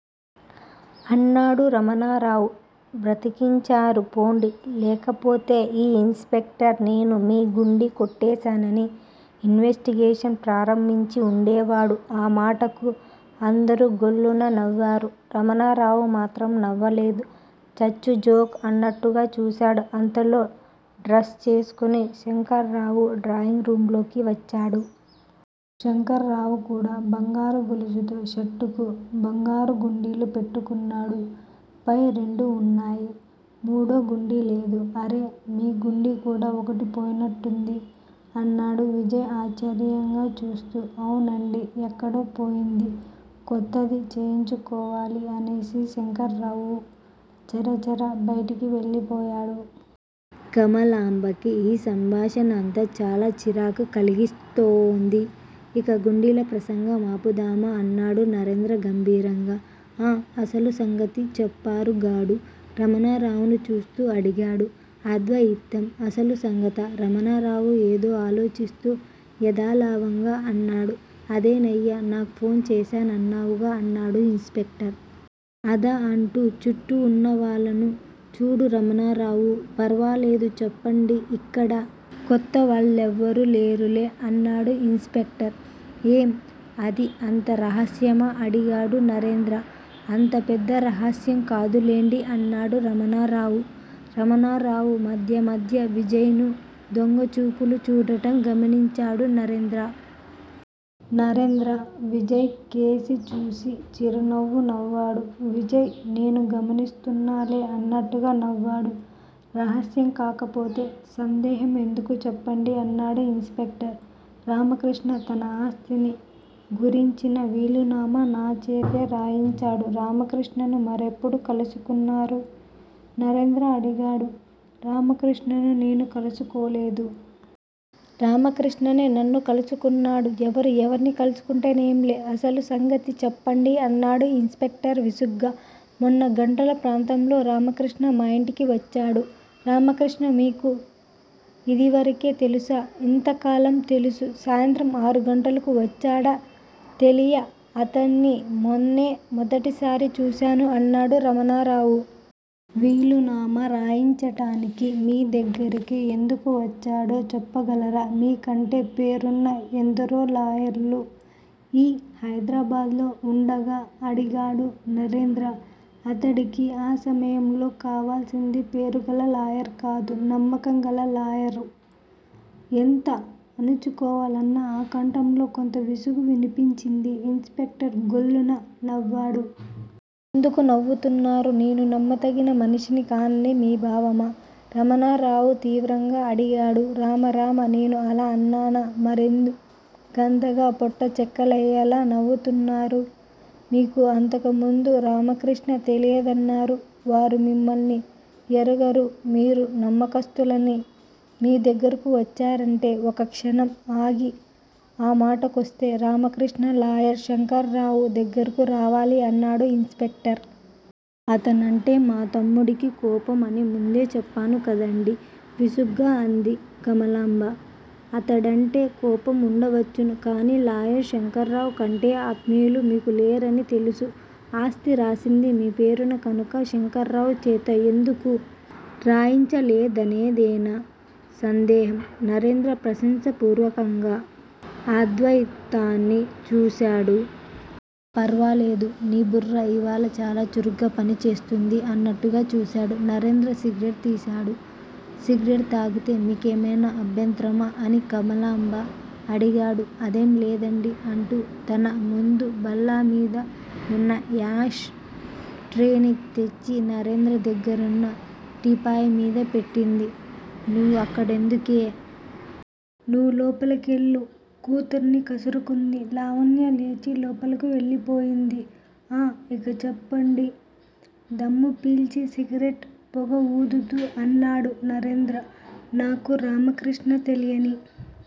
అన్నాడు రమణరావు. బతికించారు పోండి. లేకపోతే ఈ ఇన్ స్పెక్టర్ నేను మీ గుండీ కొట్టేశానని ఇన్వెస్టిగేషన్ ప్రారంభించి ఉండేవాడు. ఆ మాటకు అందరూ గొల్లున నవ్వారు. రమణరావు మాత్రం నవ్వలేదు. చచ్చుజోక్ అన్నట్టుగా చూశాడు. అంతలో డ్రెస్ చేసుకొని శంకర్రావు డ్రాయింగ్ రూంలోకి వచ్చాడు. శంకర్రావు కూడా బంగారు గొలుసుతో షర్టుకు బంగారుగుండీలు పెట్టుకున్నాడు. పై రెండూ ఉన్నాయి, మూడో గుండీ లేదు. అరే మీ గుండీ కూడా ఒకటి పోయినట్టుంది? అన్నాడు విజయ్ ఆశ్చర్యంగా చూస్తూ. అవునండీ. ఎక్కడో పోయింది. కొత్తది చేయించుకోవాలి అనేసి శంకర్ర్రావు చరచరా బయటికి వెళ్ళిపోయాడు. కమలాంబకి ఈ సంభాషణంతా చాలా చిరాకు కలిగిస్తోంది. ఇక గుండీల ప్రసంగం ఆపుదామా? అన్నాడు నరేంద్ర గంభీరంగా. ఆ! అసలు సంగతి చెప్పారు గాడు? రమణరావును చూస్తూ అడిగాడు అద్వయితం. అసలు సంగతా? రమణరావు ఏదోఆలోచిస్తూ యదాలావంగా అన్నాడు. అదేనయ్యా! నాకు ఫోన్ చేశానన్నావుగా? అన్నాడు ఇన్ స్పెక్టర్. అదా? అంటూ చుట్టూ ఉన్నవాళ్ళను చూశాడురమణరావు. ఫర్వాలేదు. చెప్పండి. ఇక్కడ కొత్తవాళ్ళెవరూలేరులే అన్నాడు ఇన్ స్పెక్టర్. ఏం? అది అంత రహస్యమా? అడిగాడు నరేంద్ర. అంత పెద్ద రహస్యం కాదులెండి అన్నాడు రమణరావు. రమణరావు మధ్య మధ్య విజయ్ ను దొంగచూపులు చూడటం గమనించాడు నరేంద్ర. నరేంద్ర విజయ్ కేసి చూసి చిరునవ్వు నవ్వాడు. విజయ్ నేనూ గమనిస్తున్నానులే అన్నట్టుగా నవ్వాడు, రహస్యం కాకపోతే సందేహం ఎందుకు చెప్పండి అన్నాడు ఇన్ స్పెక్టర్. రామకృష్ణ తన ఆస్తిని గురించిన వీలునామా నాచేత రాయించాడు. రామకృష్ణను మీరెప్పుడు కలుసుకున్నారు? నరేంద్ర అడిగాడు రామకృష్ణను నేను కలుసుకోలేదు. రామకృష్ణే నన్ను కలుసుకున్నాడు. ఎవరు ఎవర్ని కలుసుకుంటే నేంలే! అసలు సంగతి చెప్పండి అన్నాడు ఇన్ స్పెక్టర్ విసుగ్గా. మొన్న గంటల ప్రాంతంలో రామకృష్ణ మా ఇంటికి వచ్చాడు. రామకృష్ణ మీకు ఇదివరకే తెలుసా? ఇంతకాలంగా తెలుసు? సాయంత్రం ఆరు గంటలకు వచ్చాడా? తెలియ. అతడ్ని మొన్ననే మొదటిసారిగా చూశాను అన్నాడు రమణరావు. వీలునామా రాయించడానికి మీ దగ్గరికే ఎందుకొచ్చాడో చెప్పగలరా? మీకంటే పేరున్న ఎందరో లాయర్లు ఈ హైదరాబాదులో ఉండగా? అడిగాడు నరేంద్ర. అతడికి ఆ సమయంలో కావాల్సింది పేరుగల లాయర్ కాదు. నమ్మకం గల లాయరు ఎంత అణచుకోవాలన్న ఆ కంఠంలో కొంత విసుగు వినిపించింది. ఇన్ స్పెక్టర్ గొల్లున నవ్వాడు. ఎందుకు నవ్వుతున్నారు? నేను నమ్మతగిన మనిషిని కానని మీ భావమా? రమణారావు తీవ్రంగా అడిగాడు. రామ! రామ! నేను అలా అన్నానా? మరెందు కంతగా పొట్ట చెక్కలయ్యేలా నవ్వుతున్నారు? మీకు అంతకు ముందు రామకృష్ణ తెలియదన్నారు. వారు మిమ్మల్ని ఎరగరు. మీరు నమ్మకస్తులని మీ దగ్గరకు వచ్చారంటే ఓ క్షణం ఆగి ఆ మాటకొస్తే రామకృష్ణ లాయర్ శంకరరావు దగ్గరకు రావాలి అన్నాడు ఇన్ స్పెక్టర్. అతనంటే మాతమ్ముడికి కోపం అని ముందే చెప్పానుకదండీ? విసుగ్గా అన్నది కమలాంబ. అతడంటే కోపం ఉండవచ్చును. కాని లాయర్ శంకరరావ్ కంటే ఆత్మీయులు మీకు లేరనీ తెలుసు ఆస్తి రాసింది మీ పేరున కనక శంకర్రావుచేత ఎందుకు రాయించలేదనేదేనా సందేహం. నరేంద్ర ప్రశంసాపూర్వకంగా అద్వాయితాన్ని చూశాడు. పర్వాలేదు. నీ బుర్ర ఇవ్వాళ చాలాచురుగ్గా పనిచేస్తుంది అన్నట్టుగాచూశాడు. నరేంద్ర సిగరెట్ తీశాడు. సిగరెట్ తాగితే మీకేమైనా అభ్యంతరమా? అని కమలాంబ అడిగాడు. అదేం లేదండీ అంటూ తన ముందు బల్లమీద ఉన్న యాష్ ట్రేని తెచ్చి నరేంద్ర దగ్గరున్న టీపాయ్ మీద పెట్టింది. నువ్వక్కడెందుకే. నువ్వులోపలకెళ్ళు. కూతుర్ని కసురుకుంది. లావణ్య లేచి లోపలకు వెళ్ళిపోయింది. ఆ ఇక చెప్పండి దమ్ము పీల్చి సిగరెట్ పొగఊదుతూ అన్నాడు నరేంద్ర. నాకు రామకృష్ణ తెలియని